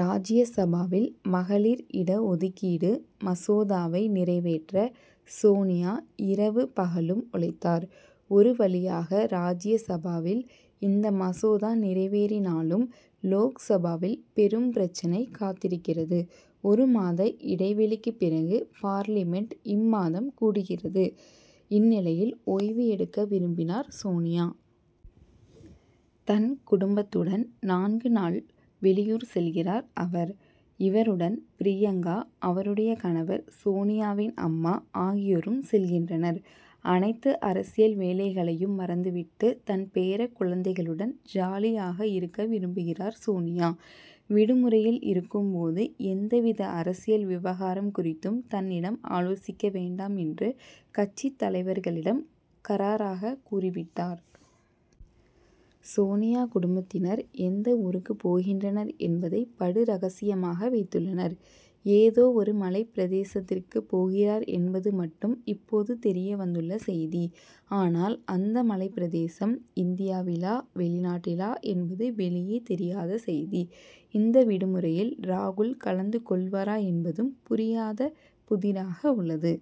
ராஜ்ய சபாவில் மகளிர் இட ஒதுக்கீடு மசோதாவை நிறைவேற்ற சோனியா இரவு பகலும் உழைத்தார். ஒரு வழியாக ராஜ்யசபாவில் இந்த மசோதா நிறைவேறினாலும், லோக்சபாவில் பெரும் பிரச்னை காத்திருக்கிறது. ஒரு மாத இடைவெளிக்குப் பிறகு, பார்லிமென்ட் இம்மாதம் கூடுகிறது. இந்நிலையில், ஓய்வு எடுக்க விரும்பினார் சோனியா. தன் குடும்பத்துடன் நான்கு நாள் வெளியூர் செல்கிறார் அவர். இவருடன் பிரியங்கா, அவருடைய கணவர், சோனியாவின் அம்மா ஆகியோரும் செல்கின்றனர். அனைத்து அரசியல் வேலைகளையும் மறந்துவிட்டு தன் பேரக் குழந்தைகளுடன் ஜாலியாக இருக்க விரும்புகிறார் சோனியா. விடுமுறையில் இருக்கும் போது எந்தவித அரசியல் விவகாரம் குறித்தும் தன்னிடம் ஆலோசிக்க வேண்டாம் என்று கட்சித் தலைவர்களிடம் கறாராகக் கூறிவிட்டார். சோனியா குடும்பத்தினர் எந்த ஊருக்குப் போகின்றனர் என்பதை படு ரகசியமாக வைத்துள்ளனர். ஏதோ ஒரு மலைப் பிரதேசத்திற்குப் போகிறார் என்பது மட்டும் இப்போது தெரியவந்துள்ள செய்தி. ஆனால், அந்த மலைப் பிரதேசம் இந்தியாவிலா? வெளிநாட்டிலா என்பது வெளியே தெரியாத செய்தி. இந்த விடுமுறையில் ராகுல் கலந்து கொள்வாரா என்பதும் புரியாத புதிராக உள்ளது.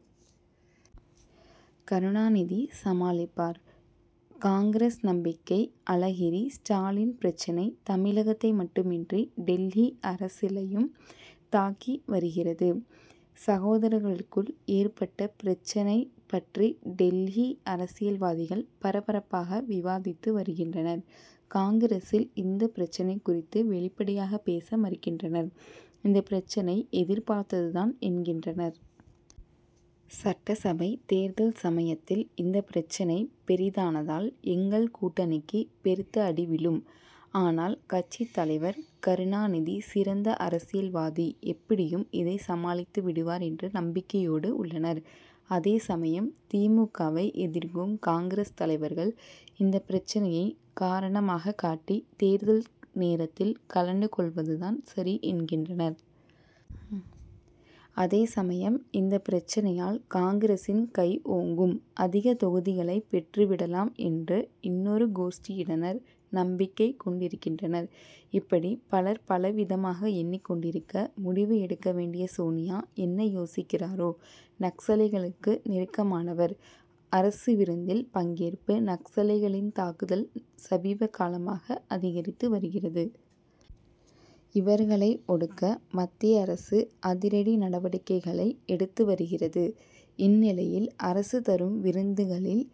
கருணாநிதி சமாளிப்பார்; காங்கிரஸ் நம்பிக்கை அழகிரி ஸ்டாலின் பிரச்னை தமிழகத்தை மட்டுமின்றி டில்லி அரசியலையும் தாக்கி வருகிறது. சகோதரர்களுக்குள் ஏற்பட்ட பிரச்னை பற்றி டில்லி அரசியல்வாதிகள் பரபரப்பாக விவாதித்து வருகின்றனர். காங்கிரசில் இந்த பிரச்னை குறித்து வெளிப்படையாக பேச மறுக்கின்றனர். இந்த பிரச்னை எதிர்பார்த்ததுதான் என்கின்றனர். சட்டசபை தேர்தல் சமயத்தில், இந்த பிரச்னை பெரிதானால், எங்கள் கூட்டணிக்கு பெருத்த அடி விழும். ஆனால், கட்சித் தலைவர் கருணாநிதி சிறந்த அரசியல்வாதி, எப்படியும் இதை சமாளித்து விடுவார்' என்று நம்பிக்கையோடு உள்ளனர். அதே சமயம் தி. மு. க.,வை எதிர்க்கும் காங்கிரஸ் தலைவர்கள், இந்த பிரச்னையை காரணமாகக் காட்டி, தேர்தல் நேரத்தில் கழண்டு கொள்வதுதான் சரி என்கின்றனர். அதே சமயம் இந்த பிரச்னையால் காங்கிரசின் கை ஓங்கும், அதிக தொகுதிகளை பெற்றுவிடலாம் என்று இன்னொரு கோஷ்டியினர் நம்பிக்கொண்டிருக்கின்றனர். இப்படி பலர் பலவிதமாக எண்ணிக் கொண்டிருக்க, முடிவு எடுக்க வேண்டிய சோனியா என்ன யோசிக்கிறாரோ? நக்சலைட்களுக்கு நெருக்கமானவர் அரசு விருந்தில் பங்கேற்பு? நக்சலைட்களின் தாக்குதல் சமீபகாலமாக அதிகரித்து வருகிறது. இவர்களை ஒடுக்க, மத்திய அரசு அதிரடி நடவடிக்கைகளை எடுத்து வருகிறது. இந்நிலையில், அரசு தரும் விருந்துகளில்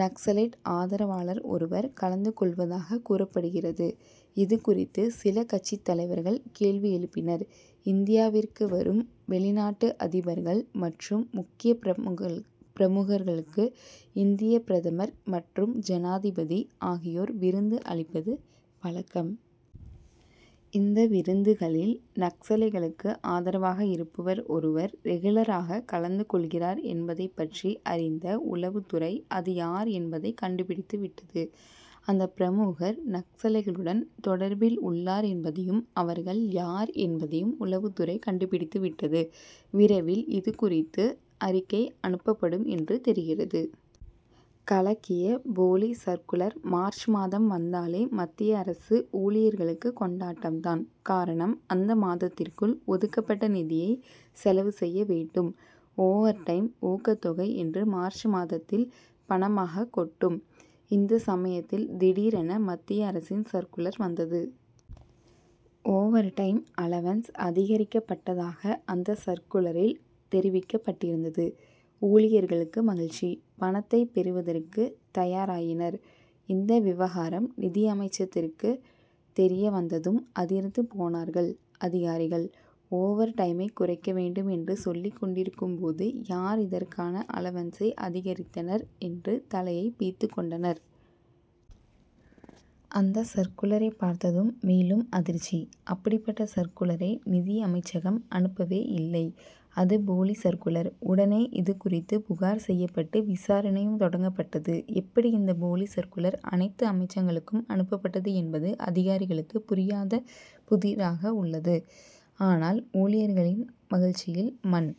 நக்சலைட் ஆதரவாளர் ஒருவர் கலந்து கொள்வதாகக் கூறப்படுகிறது. இது குறித்து, சில கட்சித் தலைவர்கள் கேள்வி எழுப்பினர். இந்தியாவிற்கு வரும் வெளிநாட்டு அதிபர்கள் மற்றும் முக்கிய பிரமுகர்களுக்கு இந்திய பிரதமர் மற்றும் ஜனாதிபதி ஆகியோர் விருந்து அளிப்பது வழக்கம். இந்த விருந்துகளில் நக்சலைட்களுக்கு ஆதரவாக இருப்பவர் ஒருவர் ரெகுலராகக் கலந்து கொள்கிறார். இதைப் பற்றி அறிந்த உளவுத் துறை அது யார் என்பதை கண்டுபிடித்துவிட்டது. அந்த பிரமுகர், நக்சலைட்களுடன் தொடர்பில் உள்ளார் என்பதையும் அவர்கள் யார் என்பதையும் உளவுத் துறை கண்டுபிடித்துவிட்டது. விரைவில் இதுகுறித்து, அறிக்கை அனுப்பப்படும் என்று தெரிகிறது. கலக்கிய போலி சர்க்குலர் மார்ச் மாதம் வந்தாலே மத்திய அரசு ஊழியர்களுக்கு கொண்டாட்டம்தான். காரணம், அந்த மாதத்திற்குள் ஒதுக்கப் பட்ட நிதியை செலவு செய்ய வேண்டும். ஓவர் டைம், ஊக்கத் தொகை என்று மார்ச் மாதத்தில் பணமாகக் கொட்டும். இந்த சமயத்தில் திடீரென மத்திய அரசின் சர்க்குலர் வந்தது. ஓவர் டைம் அலவன்ஸ் அதிகரிக்கப்பட்டதாக அந்த சர்க்குலரில் தெரிவிக்கப்பட்டிருந்தது. ஊழியர்களுக்கு மகிழ்ச்சி. பணத்தை பெறுவதற்கு தயாராயினர். இந்த விவகாரம், நிதி அமைச்சகத்திற்கு தெரிய வந்ததும் அதிர்ந்து போனார்கள் அதிகாரிகள். ஓவர் டைமை குறைக்க வேண்டும் என்று சொல்லிக் கொண்டிருக்கும் போது யார் இதற்கான அலவன்சை அதிகரித்தனர் என்று தலையைப் பிய்த்துக் கொண்டனர். அந்த சர்க்குலரைப் பார்த்ததும் மேலும் அதிர்ச்சி. அப்படிப்பட்ட சர்க்குலரை நிதி அமைச்சகம் அனுப்பவேயில்லை! அது போலி சர்க்குலர். உடனே, இது குறித்து புகார் செய்யப்பட்டு விசாரணையும் தொடங்கப்பட்டு ட்டது. எப்படி இந்த போலி சர்க்குலர் அனைத்து அமைச்சகங்களுக்கும் அனுப்பப்பட்டது என்பது அதிகாரிகளுக்குப் புரியாத புதிராக உள்ளது. ஆனால், ஊழியர்களின் மகிழ்ச்சியில் மண்.